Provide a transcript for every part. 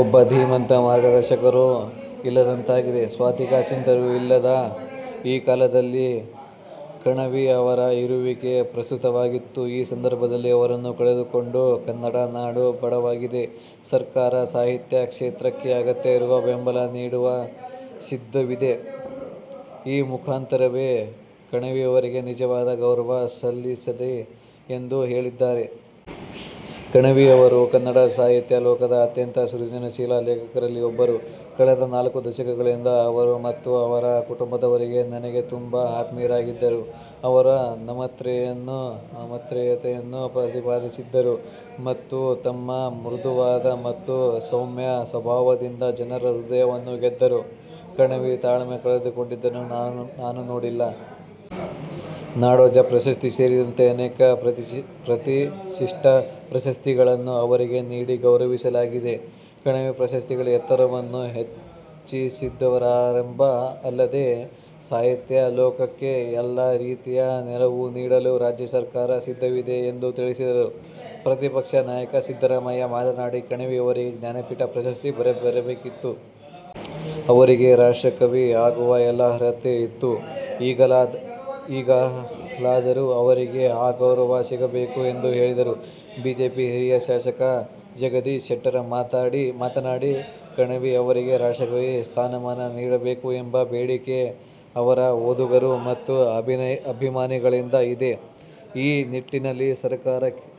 ಒಬ್ಬ ಧೀಮಂತ, ಮಾರ್ಗದರ್ಶಕರು ಇಲ್ಲದಂತಾಗಿದೆ. ಸಾತ್ವಿಕ ಚಿಂತಕರು ಇಲ್ಲದ ಈ ಕಾಲದಲ್ಲಿ ಕಣವಿ ಅವರ ಇರುವಿಕೆ ಪ್ರಸ್ತುತವಾಗಿತ್ತು. ಈ ಸಂದರ್ಭದಲ್ಲಿ ಅವರನ್ನು ಕಳೆದುಕೊಂಡು ಕನ್ನಡ ನಾಡು ಬಡವಾಗಿದೆ. ಸರ್ಕಾರ ಸಾಹಿತ್ಯ ಕ್ಷೇತ್ರಕ್ಕೆ ಅಗತ್ಯವಿರುವ ಬೆಂಬಲ ನೀಡುವ ಸಿದ್ಧವಿದೆ. ಈ ಮುಖಾಂತರವೇ ಕಣವಿಯವರಿಗೆ ನಿಜವಾದ ಗೌರವ ಸಲ್ಲಿಸಲಿದೆ ಎಂದು ಹೇಳಿದ್ದಾರೆ. "ಕಣವಿಯವರು ಕನ್ನಡ ಸಾಹಿತ್ಯ ಲೋಕದ ಅತ್ಯಂತ ಸೃಜನಶೀಲ ಲೇಖಕರಲ್ಲಿ ಒಬ್ಬರು. ಕಳೆದ ನಾಲ್ಕು ದಶಕಗಳಿಂದ ಅವರು ಮತ್ತು ಅವರ ಕುಟುಂಬದವರು ನನಗೆ ತುಂಬಾ ಆತ್ಮೀಯರಾಗಿದ್ದರು. ಅವರು ನಮ್ರತೆಯನ್ನು ಪ್ರತಿಪಾದಿಸಿದ್ದರು. ಮತ್ತು ತಮ್ಮ ಮೃದುವಾದ ಮತ್ತು ಸೌಮ್ಯ ಸ್ವಭಾವದಿಂದ ಜನರ ಹೃದಯವನ್ನು ಗೆದ್ದರು, ಕಣವಿ ತಾಳ್ಮೆ ಕಳೆದುಕೊಂಡಿದ್ದನ್ನು ನಾನು ನೋಡಿಲ್ಲ. "ನಾಡೋಜ ಪ್ರಶಸ್ತಿ ಸೇರಿದಂತೆ ಅನೇಕ ಪ್ರತಿಷ್ಠಿತ ಪ್ರಶಸ್ತಿಗಳನ್ನು ಅವರಿಗೆ ನೀಡಿ ಗೌರವಿಸಲಾಗಿದೆ. ಕಣವಿ ಪ್ರಶಸ್ತಿಗಳ ಎತ್ತರವನ್ನು ಹೆಚ್ಚಿಸಿದ್ದವರಾಗಿದ್ದಾರೆಂದರು. ಅಲ್ಲದೆ, ಸಾಹಿತ್ಯ ಲೋಕಕ್ಕೆ ಎಲ್ಲಾ ರೀತಿಯ ನೆರವು ನೀಡಲು ರಾಜ್ಯ ಸರ್ಕಾರ ಸಿದ್ಧವಿದೆ ಎಂದು ತಿಳಿಸಿದರು. ಪ್ರತಿಪಕ್ಷ ನಾಯಕ ಸಿದ್ದರಾಮಯ್ಯ ಮಾತನಾಡಿ, ಕಣವಿ ಅವರಿಗೆ ಜ್ಞಾನಪೀಠ ಪ್ರಶಸ್ತಿ ಬರಬೇಕಿತ್ತು. "ಅವರಿಗೆ 'ರಾಷ್ಟ್ರಕವಿ' ಆಗುವ ಎಲ್ಲ ಅರ್ಹತೆ ಇತ್ತು. ಈಗಲಾದರೂ ಅವರಿಗೆ ಆ ಗೌರವ ಸಿಗಬೇಕು ಎಂದು ಹೇಳಿದರು. ಬಿಜೆಪಿ ಹಿರಿಯ ಶಾಸಕ ಜಗದೀಶ ಶೆಟ್ಟರ್ ಮಾತನಾಡಿ, ಕಣವಿ ಅವರಿಗೆ 'ರಾಷ್ಟ್ರಕವಿ' ಸ್ಥಾನಮಾನ ನೀಡಬೇಕು ಎಂಬ ಬೇಡಿಕೆ ಅವರ ಓದುಗರು ಮತ್ತು ಅಭಿಮಾನಿಗಳಿಂದ ಇದೆ. ಈ ನಿಟ್ಟಿನಲ್ಲಿ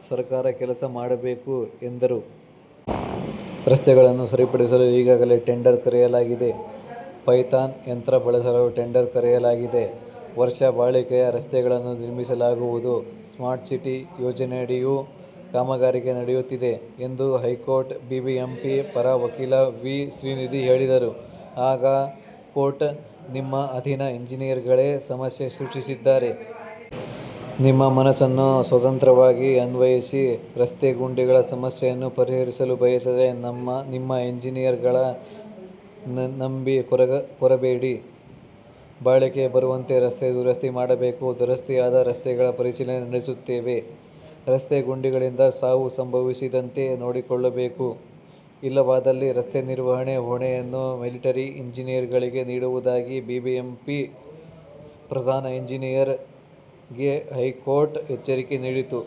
ಸರಕಾರ ಕೆಲಸ ಮಾಡಬೇಕು ಎಂದರು. ರಸ್ತೆಗಳನ್ನು ಸರಿಪಡಿಸಲು ಈಗಾಗಲೇ ಟೆಂಡರ್ ಕರೆಯಲಾಗಿದೆ. ಪೈಥಾನ್ ಯಂತ್ರ ಬಳಸಲು ಟೆಂಡರ್ ಕರೆಯಲಾಗಿದೆ. ವರ್ಷ ಬಾಳಿಕೆಯ ರಸ್ತೆಗಳನ್ನು ನಿರ್ಮಿಸಲಾಗುವುದು. ಸ್ಮಾರ್ಟ್ ಸಿಟಿ ಯೋಜನೆಯಡಿಯೂ ಕಾಮಗಾರಿ ನಡೆಯುತ್ತಿದೆ ಎಂದು ಹೈಕೋರ್ಟ್ಗೆ ಬಿಬಿಎಂಪಿ ಪರ ವಕೀಲ ವಿ. ಶ್ರೀನಿಧಿ ಹೇಳಿದರು. ಆಗ ಕೋರ್ಟ್, ನಿಮ್ಮ ಅಧೀನ ಇಂಜಿನಿಯರ್ಗಳೇ ಸಮಸ್ಯೆ ಸೃಷ್ಟಿಸಿದ್ದಾರೆ. ನಿಮ್ಮ ಮನಸ್ಸನ್ನು ಸ್ವತಂತ್ರವಾಗಿ ಅನ್ವಯಿಸಿ, ರಸ್ತೆ ಗುಂಡಿಗಳ ಸಮಸ್ಯೆಯನ್ನು ಪರಿಹರಿಸಲು ಬಯಸದ ನಿಮ್ಮ ಎಂಜಿನಿಯರ್ಗಳ ನಂಬಿ ಕೂರಬೇಡಿ. ಬಾಳಿಕೆ ಬರುವಂತೆ ರಸ್ತೆ ದುರಸ್ತಿ ಮಾಡಬೇಕು. ದುರಸ್ತಿಯಾದ ರಸ್ತೆಗಳ ಪರಿಶೀಲನೆ ನಡೆಸುತ್ತೇವೆ. ರಸ್ತೆ ಗುಂಡಿಗಳಿಂದ ಸಾವು ಸಂಭವಿಸದಂತೆ ನೋಡಿಕೊಳ್ಳಬೇಕು. ಇಲ್ಲವಾದಲ್ಲಿ ರಸ್ತೆ ನಿರ್ವಹಣೆ ಹೊಣೆಯನ್ನು ಮಿಲಿಟರಿ ಇಂಜಿನಿಯರ್ಗಳಿಗೆ ನೀಡುವುದಾಗಿ ಬಿಬಿಎಂಪಿ ಪ್ರಧಾನ ಇಂಜಿನಿಯರ್ಗೆ ಹೈಕೋರ್ಟ್ ಎಚ್ಚರಿಕೆ ನೀಡಿತು.